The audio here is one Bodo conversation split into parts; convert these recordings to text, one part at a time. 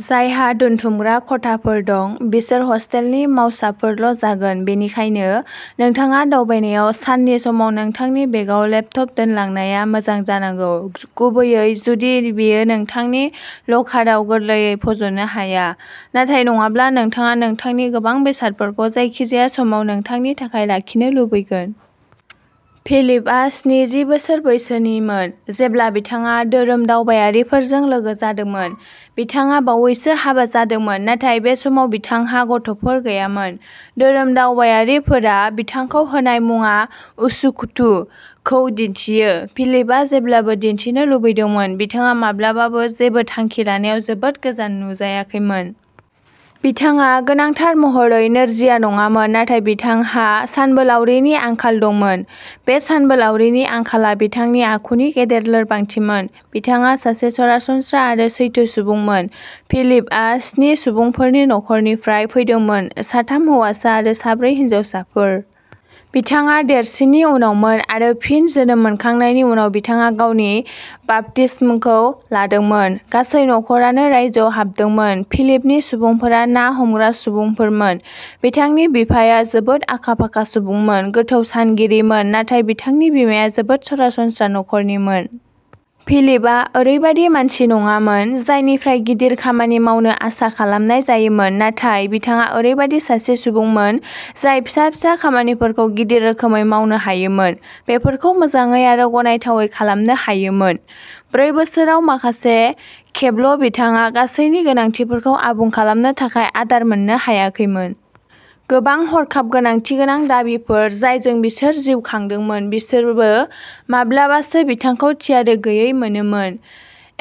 जायहा दोनथुमग्रा खथाफोर दं, बिसोर हस्टेलनि मावसाफोरल'जागोन, बेनिखायनो नोंथाङा दावबायनायाव साननि समाव नोंथांनि बेगआव लेपटप दोनलांनाया मोजां जानांगौ, गुबैयै जुदि बेयो नोंथांनि लकाराव गोरलैयै फज'नो हाया। नाथाय नङाब्ला, नोंथाङा नोंथांनि गोबां बेसादफोरखौ जायखिजाया समाव नोंथांनि थाखाय लाखिनो लुबैगोन। फिलिपआ स्निजि बोसोर बैसोनिमोन जेब्ला बिथाङा धोरोमदावबायारिफोरजों लोगो जादोंमोन; बिथाङा बावैसो हाबा जादोंमोन, नाथाय बे समाव बिथांहा गथ'फोर गैयामोन। धोरोमदावबायारिफोरा बिथांखौ होनाय मुंआ "उसुखुथु" खौ दिन्थियो। फिलिपआ जेब्लाबो दिन्थिनो लुबैदोंमोन। बिथाङा माब्लाबाबो जेबो थांखि लानायाव जोबोद गोजान नुजायाखैमोन। बिथाङा गोनांथार महरै नोरजिया नङामोन, नाथाय बिथांहा सानबोलावरिनि आंखाल दंमोन। बे सानबोलावरिनि आंखालआ बिथांनि आखुनि गेदेर लोरबांथिमोन। बिथाङा सासे सरासनस्रा आरो सैथो सुबुंमोन। फिलिपआ स्नि सुबुंफोरनि नखरनिफ्राय फैदोंमोन, साथाम हौवासा आरो साब्रै हिनजावसाफोर। बिथाङा देरसिननि उनावमोन, आरो फिन जोनोम मोनखांनायनि उनाव बिथाङा गावनि बाप्तिस्मखौ लादोंमोन। गासै नखरानो रायजोआव हाबदोंमोन। फिलिपनि सुबुंफोरा ना हमग्रा सुबुंफोरमोन। बिथांनि बिफाया जोबोद आखा-फाखा सुबुंमोन, गोथौ सानगिरिमोन, नाथाय बिथांनि बिमाया जोबोद सरासनस्रा नखरनिमोन। फिलिपआ ओरैबायदि मानसि नङामोन जायनिफ्राय गिदिर खामानि मावनो आसा खालामनाय जायोमोन, नाथाय बिथाङा ओरैबायदि सासे सुबुंमोन जाय फिसा-फिसा खामानिफोरखौ गिदिर रोखोमै मावनो हायोमोन, बेफोरखौ मोजाङै आरो गनायथावै खालामनो हायोमोन। ब्रै बोसोराव माखासे खेबल'बिथाङा गासैनि गोनांथिफोरखौ आबुं खालामनो थाखाय आदार मोननो हायाखैमोन। गोबां हरखाब गोनांथि गोनां दाबिफोर, जायजों बिसोर जिउ खांदोंमोन, बिसोरबो माब्लाबासो बिथांखौ थियारि गैयै मोनोमोन।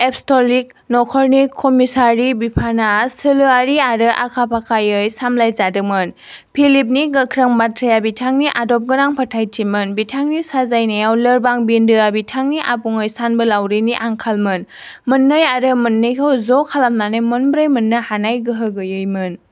एपस्टलिक नखरनि कमिसारि बिफानआ सोलोआरि आरो आखा-फाखायै सामलायजादोंमोन। फिलिपनि गोख्रों बाथ्राया बिथांनि आदबगोनां फोथायथिमोन; बिथांनि साजायनायाव लोरबां बिन्दोआ बिथांनि आबुङै सानबोलावरिनि आंखालमोन, मोननै आरो मोननैखौ ज'खालामनानै मोनब्रै मोननो हानाय गोहो गैयैमोन।